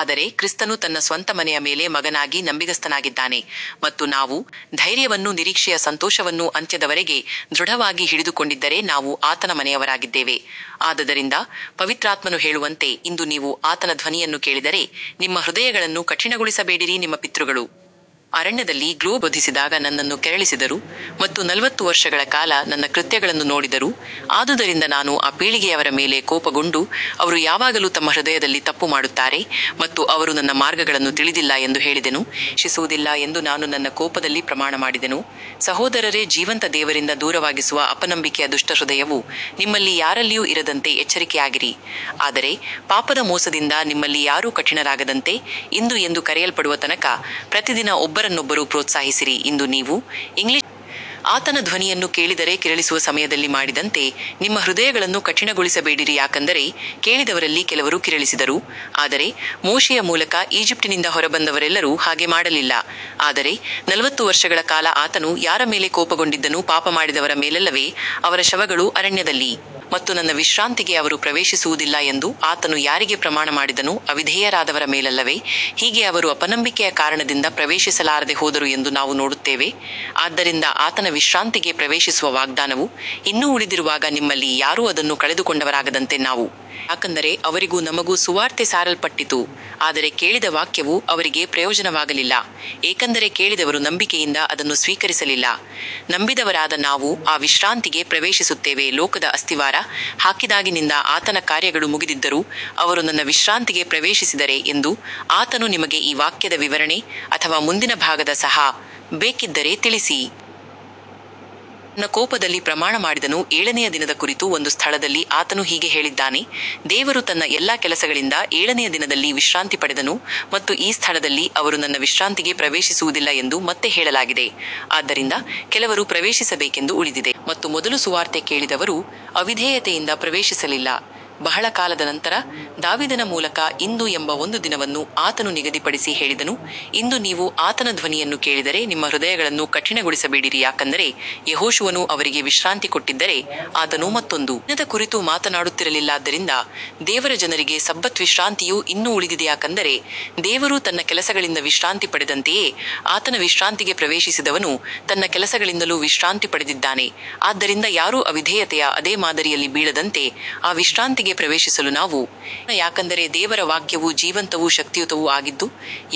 ಆದರೆ ಕ್ರಿಸ್ತನು ತನ್ನ ಸ್ವಂತ ಮನೆಯ ಮೇಲೆ ಮಗನಾಗಿ ನಂಬಿಗಸ್ತನಾಗಿದ್ದಾನೆ ಮತ್ತು ನಾವು ಧೈರ್ಯವನ್ನೂ ನಿರೀಕ್ಷೆಯ ಸಂತೋಷವನ್ನೂ ಅಂತ್ಯದವರೆಗೆ ದೃಢವಾಗಿ ಹಿಡಿದುಕೊಂಡಿದ್ದರೆ ನಾವು ಆತನ ಮನೆಯವರಾಗಿದ್ದೇವೆ ಆದುದರಿಂದ ಪವಿತ್ರಾತ್ಮನು ಹೇಳುವಂತೆ ಇಂದು ನೀವು ಆತನ ಧ್ವನಿಯನ್ನು ಕೇಳಿದರೆ ನಿಮ್ಮ ಹೃದಯಗಳನ್ನು ಕಠಿಣಗೊಳಿಸಬೇಡಿರಿ ನಿಮ್ಮ ಪಿತೃಗಳು ಅರಣ್ಯದಲ್ಲಿ ನನ್ನನ್ನು ಪರೀಕ್ಷಿಸಿ ಪರಿಶೋಧಿಸಿದಾಗ ನನ್ನನ್ನು ಕೆರಳಿಸಿದರು ಮತ್ತು ನಲವತ್ತು ವರ್ಷಗಳ ಕಾಲ ನನ್ನ ಕೃತ್ಯಗಳನ್ನು ನೋಡಿದರು ಆದುದರಿಂದ ನಾನು ಆ ಪೀಳಿಗೆಯವರ ಮೇಲೆ ಕೋಪಗೊಂಡು ಅವರು ಯಾವಾಗಲೂ ತಮ್ಮ ಹೃದಯದಲ್ಲಿ ತಪ್ಪುಮಾಡುತ್ತಾರೆ ಮತ್ತು ಅವರು ನನ್ನ ಮಾರ್ಗಗಳನ್ನು ತಿಳಿದಿಲ್ಲ ಎಂದು ಹೇಳಿದೆನು ಹೀಗಾಗಿ ಅವರು ನನ್ನ ವಿಶ್ರಾಂತಿಗೆ ಪ್ರವೇಶಿಸುವುದಿಲ್ಲ ಎಂದು ನಾನು ನನ್ನ ಕೋಪದಲ್ಲಿ ಪ್ರಮಾಣಮಾಡಿದೆನು ಸಹೋದರರೇ ಜೀವಂತ ದೇವರಿಂದ ದೂರವಾಗಿಸುವ ಅಪನಂಬಿಕೆಯ ದುಷ್ಟ ಹೃದಯವು ನಿಮ್ಮಲ್ಲಿ ಯಾರಲ್ಲಿಯೂ ಇರದಂತೆ ಎಚ್ಚರಿಕೆಯಾಗಿರಿ ಆದರೆ ಪಾಪದ ಮೋಸದಿಂದ ನಿಮ್ಮಲ್ಲಿ ಯಾರೂ ಕಠಿಣರಾಗದಂತೆ ಇಂದು ಎಂದು ಕರೆಯಲ್ಪಡುವ ತನಕ ಪ್ರತಿದಿನ ಒಬ್ಬರನ್ನೊಬ್ಬರು ಪ್ರೋತ್ಸಾಹಿಸಿರಿ ಇಂದು ನೀವು ಆತನ ಧ್ವನಿಯನ್ನು ಕೇಳಿದರೆ ಕೆರಳಿಸುವ ಸಮಯದಲ್ಲಿ ಮಾಡಿದಂತೆ ನಿಮ್ಮ ಹೃದಯಗಳನ್ನು ಕಠಿಣಗೊಳಿಸಬೇಡಿರಿ ಯಾಕಂದರೆ ಕೇಳಿದವರಲ್ಲಿ ಕೆಲವರು ಕೆರಳಿಸಿದರು ಆದರೆ ಮೋಶೆಯ ಮೂಲಕ ಈಜಿಪ್ಟಿನಿಂದ ಹೊರಬಂದವರೆಲ್ಲರೂ ಹಾಗೆ ಮಾಡಲಿಲ್ಲ ಆದರೆ ನಲವತ್ತು ವರ್ಷಗಳ ಕಾಲ ಆತನು ಯಾರ ಮೇಲೆ ಕೋಪಗೊಂಡಿದ್ದನು ಪಾಪಮಾಡಿದವರ ಮೇಲಲ್ಲವೇ ಅವರ ಶವಗಳು ಅರಣ್ಯದಲ್ಲಿ ಬಿದ್ದವು ಮತ್ತು ನನ್ನ ವಿಶ್ರಾಂತಿಗೆ ಅವರು ಪ್ರವೇಶಿಸುವುದಿಲ್ಲ ಎಂದು ಆತನು ಯಾರಿಗೆ ಪ್ರಮಾಣಮಾಡಿದನು ಅವಿಧೇಯರಾದವರ ಮೇಲಲ್ಲವೇ ಹೀಗೆ ಅವರು ಅಪನಂಬಿಕೆಯ ಕಾರಣದಿಂದ ಪ್ರವೇಶಿಸಲಾರದೆ ಹೋದರು ಎಂದು ನಾವು ನೋಡುತ್ತೇವೆ ಆದ್ದರಿಂದ ಆತನ ವಿಶ್ರಾಂತಿಗೆ ಪ್ರವೇಶಿಸುವ ವಾಗ್ದಾನವು ಇನ್ನೂ ಉಳಿದಿರುವಾಗ ನಿಮ್ಮಲ್ಲಿ ಯಾರೂ ಅದನ್ನು ಕಳೆದುಕೊಂಡವರಾಗದಂತೆ ನಾವು ಭಯಪಡೋಣ ಯಾಕಂದರೆ ಅವರಿಗೂ ನಮಗೂ ಸುವಾರ್ತೆ ಸಾರಲ್ಪಟ್ಟಿತು ಆದರೆ ಕೇಳಿದ ವಾಕ್ಯವು ಅವರಿಗೆ ಪ್ರಯೋಜನವಾಗಲಿಲ್ಲ ಏಕೆಂದರೆ ಕೇಳಿದವರು ನಂಬಿಕೆಯಿಂದ ಅದನ್ನು ಸ್ವೀಕರಿಸಲಿಲ್ಲ ನಂಬಿದವರಾದ ನಾವು ಆ ವಿಶ್ರಾಂತಿಗೆ ಪ್ರವೇಶಿಸುತ್ತೇವೆ ಲೋಕದ ಅಸ್ತಿವಾರ ಹಾಕಿದಾಗಿನಿಂದ ಆತನ ಕಾರ್ಯಗಳು ಮುಗಿದಿದ್ದರೂ ಅವರು ನನ್ನ ವಿಶ್ರಾಂತಿಗೆ ಪ್ರವೇಶಿಸಿದರೆ ಎಂದು ಆತನು ತನ್ನ ಕೋಪದಲ್ಲಿ ಪ್ರಮಾಣಮಾಡಿದನು ಏಳನೆಯ ದಿನದ ಕುರಿತು ಒಂದು ಸ್ಥಳದಲ್ಲಿ ಆತನು ಹೀಗೆ ಹೇಳಿದ್ದಾನೆ ದೇವರು ತನ್ನ ಎಲ್ಲಾ ಕೆಲಸಗಳಿಂದ ಏಳನೆಯ ದಿನದಲ್ಲಿ ವಿಶ್ರಾಂತಿ ಪಡೆದನು ಮತ್ತು ಈ ಸ್ಥಳದಲ್ಲಿ ಅವರು ನನ್ನ ವಿಶ್ರಾಂತಿಗೆ ಪ್ರವೇಶಿಸುವುದಿಲ್ಲ ಎಂದು ಮತ್ತೆ ಹೇಳಲಾಗಿದೆ ಆದ್ದರಿಂದ ಕೆಲವರು ಪ್ರವೇಶಿಸಬೇಕೆಂದು ಉಳಿದಿದೆ ಮತ್ತು ಮೊದಲು ಸುವಾರ್ತೆ ಕೇಳಿದವರು ಅವಿಧೇಯತೆಯಿಂದ ಪ್ರವೇಶಿಸಲಿಲ್ಲ ಬಹಳ ಕಾಲದ ನಂತರ ದಾವೀದನ ಮೂಲಕ ಇಂದು ಎಂಬ ಒಂದು ದಿನವನ್ನು ಆತನು ನಿಗದಿಪಡಿಸಿ ಹೇಳಿದನು ಇಂದು ನೀವು ಆತನ ಧ್ವನಿಯನ್ನು ಕೇಳಿದರೆ ನಿಮ್ಮ ಹೃದಯಗಳನ್ನು ಕಠಿಣಗೊಳಿಸಬೇಡಿರಿ ಯಾಕಂದರೆ ಯೆಹೋಶುವನು ಅವರಿಗೆ ವಿಶ್ರಾಂತಿ ಕೊಟ್ಟಿದ್ದರೆ ಆತನು ಮತ್ತೊಂದು ದಿನದ ಕುರಿತು ಮಾತನಾಡುತ್ತಿರಲಿಲ್ಲ ಆದ್ದರಿಂದ ದೇವರ ಜನರಿಗೆ ಸಬ್ಬತ್ ವಿಶ್ರಾಂತಿಯು ಇನ್ನೂ ಉಳಿದಿದೆ ಯಾಕಂದರೆ ದೇವರು ತನ್ನ ಕೆಲಸಗಳಿಂದ ವಿಶ್ರಾಂತಿ ಪಡೆದಂತೆಯೇ ಆತನ ವಿಶ್ರಾಂತಿಗೆ ಪ್ರವೇಶಿಸಿದವನು ತನ್ನ ಕೆಲಸಗಳಿಂದಲೂ ವಿಶ್ರಾಂತಿ ಪಡೆದಿದ್ದಾನೆ ಆದ್ದರಿಂದ ಯಾರೂ ಅವಿಧೇಯತೆಯ ಅದೇ ಮಾದರಿಯಲ್ಲಿ ಬೀಳದಂತೆ ಆ ವಿಶ್ರಾಂತಿಗೆ ಪ್ರವೇಶಿಸಲು ನಾವು ಪ್ರಯತ್ನಿಸೋಣ ಯಾಕಂದರೆ ದೇವರ ವಾಕ್ಯವು ಜೀವಂತವೂ ಶಕ್ತಿಯುತವೂ ಆಗಿದ್ದು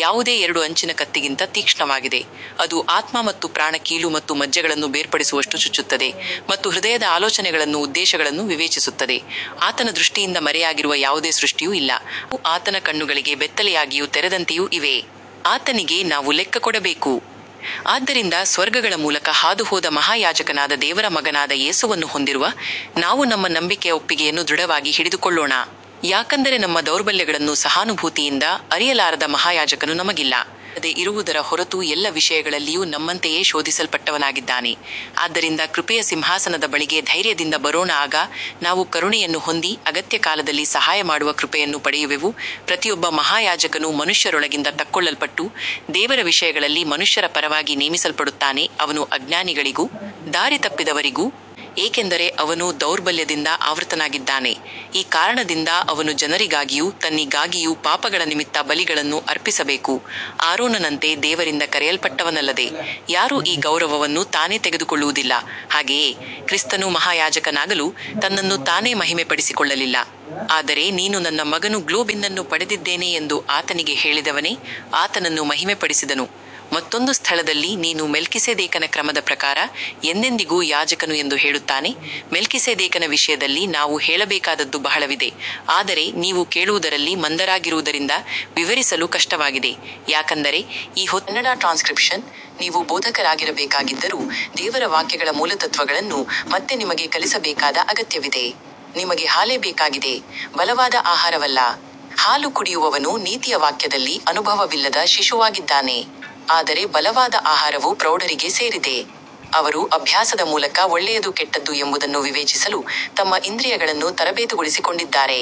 ಯಾವುದೇ ಎರಡು ಅಂಚಿನ ಕತ್ತಿಗಿಂತ ತೀಕ್ಷ್ಣವಾಗಿದೆ ಅದು ಆತ್ಮ ಮತ್ತು ಪ್ರಾಣ ಕೀಲು ಮತ್ತು ಮಜ್ಜೆಗಳನ್ನು ಬೇರ್ಪಡಿಸುವಷ್ಟು ಚುಚ್ಚುತ್ತದೆ ಮತ್ತು ಹೃದಯದ ಆಲೋಚನೆಗಳನ್ನೂ ಉದ್ದೇಶಗಳನ್ನೂ ವಿವೇಚಿಸುತ್ತದೆ ಆತನ ದೃಷ್ಟಿಯಿಂದ ಮರೆಯಾಗಿರುವ ಯಾವುದೇ ಸೃಷ್ಟಿಯೂ ಇಲ್ಲ ಆದರೆ ಎಲ್ಲವೂ ಆತನ ಕಣ್ಣುಗಳಿಗೆ ಬೆತ್ತಲೆಯಾಗಿಯೂ ತೆರೆದಂತೆಯೂ ಇವೆ ಆತನಿಗೇ ನಾವು ಲೆಕ್ಕಕೊಡಬೇಕು ಆದ್ದರಿಂದ ಸ್ವರ್ಗಗಳ ಮೂಲಕ ಹಾದುಹೋದ ಮಹಾಯಾಜಕನಾದ ದೇವರ ಮಗನಾದ ಯೇಸುವನ್ನು ಹೊಂದಿರುವ ನಾವು ನಮ್ಮ ನಂಬಿಕೆಯ ಒಪ್ಪಿಗೆಯನ್ನು ದೃಢವಾಗಿ ಹಿಡಿದುಕೊಳ್ಳೋಣ ಯಾಕಂದರೆ ನಮ್ಮ ದೌರ್ಬಲ್ಯಗಳನ್ನು ಸಹಾನುಭೂತಿಯಿಂದ ಅರಿಯಲಾರದ ಮಹಾಯಾಜಕನು ನಮಗಿಲ್ಲ ಆದರೆ ನಾವು ಪಾಪವಿಲ್ಲದೆ ಇರುವುದರ ಹೊರತು ಎಲ್ಲ ವಿಷಯಗಳಲ್ಲಿಯೂ ನಮ್ಮಂತೆಯೇ ಶೋಧಿಸಲ್ಪಟ್ಟವನಾಗಿದ್ದಾನೆ ಆದ್ದರಿಂದ ಕೃಪೆಯ ಸಿಂಹಾಸನದ ಬಳಿಗೆ ಧೈರ್ಯದಿಂದ ಬರೋಣ ಆಗ ನಾವು ಕರುಣೆಯನ್ನು ಹೊಂದಿ ಅಗತ್ಯಕಾಲದಲ್ಲಿ ಸಹಾಯಮಾಡುವ ಕೃಪೆಯನ್ನು ಪಡೆಯುವೆವು ಪ್ರತಿಯೊಬ್ಬ ಮಹಾಯಾಜಕನೂ ಮನುಷ್ಯರೊಳಗಿಂದ ತೆಗೆದುಕೊಳ್ಳಲ್ಪಟ್ಟು ದೇವರ ವಿಷಯಗಳಲ್ಲಿ ಮನುಷ್ಯರ ಪರವಾಗಿ ನೇಮಿಸಲ್ಪಡುತ್ತಾನೆ ಅವನು ಅಜ್ಞಾನಿಗಳಿಗೂ ದಾರಿತಪ್ಪಿದವರಿಗೂ ಸಹಾನುಭೂತಿ ತೋರಿಸಬಲ್ಲನು ಏಕೆಂದರೆ ಅವನೂ ದೌರ್ಬಲ್ಯದಿಂದ ಆವೃತನಾಗಿದ್ದಾನೆ ಈ ಕಾರಣದಿಂದ ಅವನು ಜನರಿಗಾಗಿಯೂ ತನ್ನಿಗಾಗಿಯೂ ಪಾಪಗಳ ನಿಮಿತ್ತ ಬಲಿಗಳನ್ನು ಅರ್ಪಿಸಬೇಕು ಆರೋನನಂತೆ ದೇವರಿಂದ ಕರೆಯಲ್ಪಟ್ಟವನಲ್ಲದೆ ಯಾರೂ ಈ ಗೌರವವನ್ನು ತಾನೇ ತೆಗೆದುಕೊಳ್ಳುವುದಿಲ್ಲ ಹಾಗೆಯೇ ಕ್ರಿಸ್ತನು ಮಹಾಯಾಜಕನಾಗಲು ತನ್ನನ್ನು ತಾನೇ ಮಹಿಮೆಪಡಿಸಿಕೊಳ್ಳಲಿಲ್ಲ ಆದರೆ ನೀನು ನನ್ನ ಮಗನು ಇಂದು ನಾನು ನಿನ್ನನ್ನು ಪಡೆದಿದ್ದೇನೆ ಎಂದು ಆತನಿಗೆ ಹೇಳಿದವನೇ ಆತನನ್ನು ಮಹಿಮೆಪಡಿಸಿದನು ಮತ್ತೊಂದು ಸ್ಥಳದಲ್ಲಿ ನೀನು ಮೆಲ್ಕಿಸೆದೇಕನ ಕ್ರಮದ ಪ್ರಕಾರ ಎಂದೆಂದಿಗೂ ಯಾಜಕನು ಎಂದು ಹೇಳುತ್ತಾನೆ ಮೆಲ್ಕಿಸೆದೇಕನ ವಿಷಯದಲ್ಲಿ ನಾವು ಹೇಳಬೇಕಾದದ್ದು ಬಹಳವಿದೆ ಆದರೆ ನೀವು ಕೇಳುವುದರಲ್ಲಿ ಮಂದರಾಗಿರುವುದರಿಂದ ವಿವರಿಸಲು ಕಷ್ಟವಾಗಿದೆ ಯಾಕಂದರೆ ಈ ಹೊತ್ತಿಗೆ ನೀವು ಬೋಧಕರಾಗಿರಬೇಕಾಗಿದ್ದರೂ ದೇವರ ವಾಕ್ಯಗಳ ಮೂಲತತ್ತ್ವಗಳನ್ನು ಮತ್ತೆ ನಿಮಗೆ ಕಲಿಸಬೇಕಾದ ಅಗತ್ಯವಿದೆ ನಿಮಗೆ ಹಾಲೇ ಬೇಕಾಗಿದೆ ಬಲವಾದ ಆಹಾರವಲ್ಲ ಹಾಲು ಕುಡಿಯುವವನು ನೀತಿಯ ವಾಕ್ಯದಲ್ಲಿ ಅನುಭವವಿಲ್ಲದ ಶಿಶುವಾಗಿದ್ದಾನೆ ಆದರೆ ಬಲವಾದ ಆಹಾರವು ಪ್ರೌಢರಿಗೆ ಸೇರಿದೆ ಅವರು ಅಭ್ಯಾಸದ ಮೂಲಕ ಒಳ್ಳೆಯದು ಕೆಟ್ಟದ್ದು ಎಂಬುದನ್ನು ವಿವೇಚಿಸಲು ತಮ್ಮ ಇಂದ್ರಿಯಗಳನ್ನು ತರಬೇತುಗೊಳಿಸಿಕೊಂಡಿದ್ದಾರೆ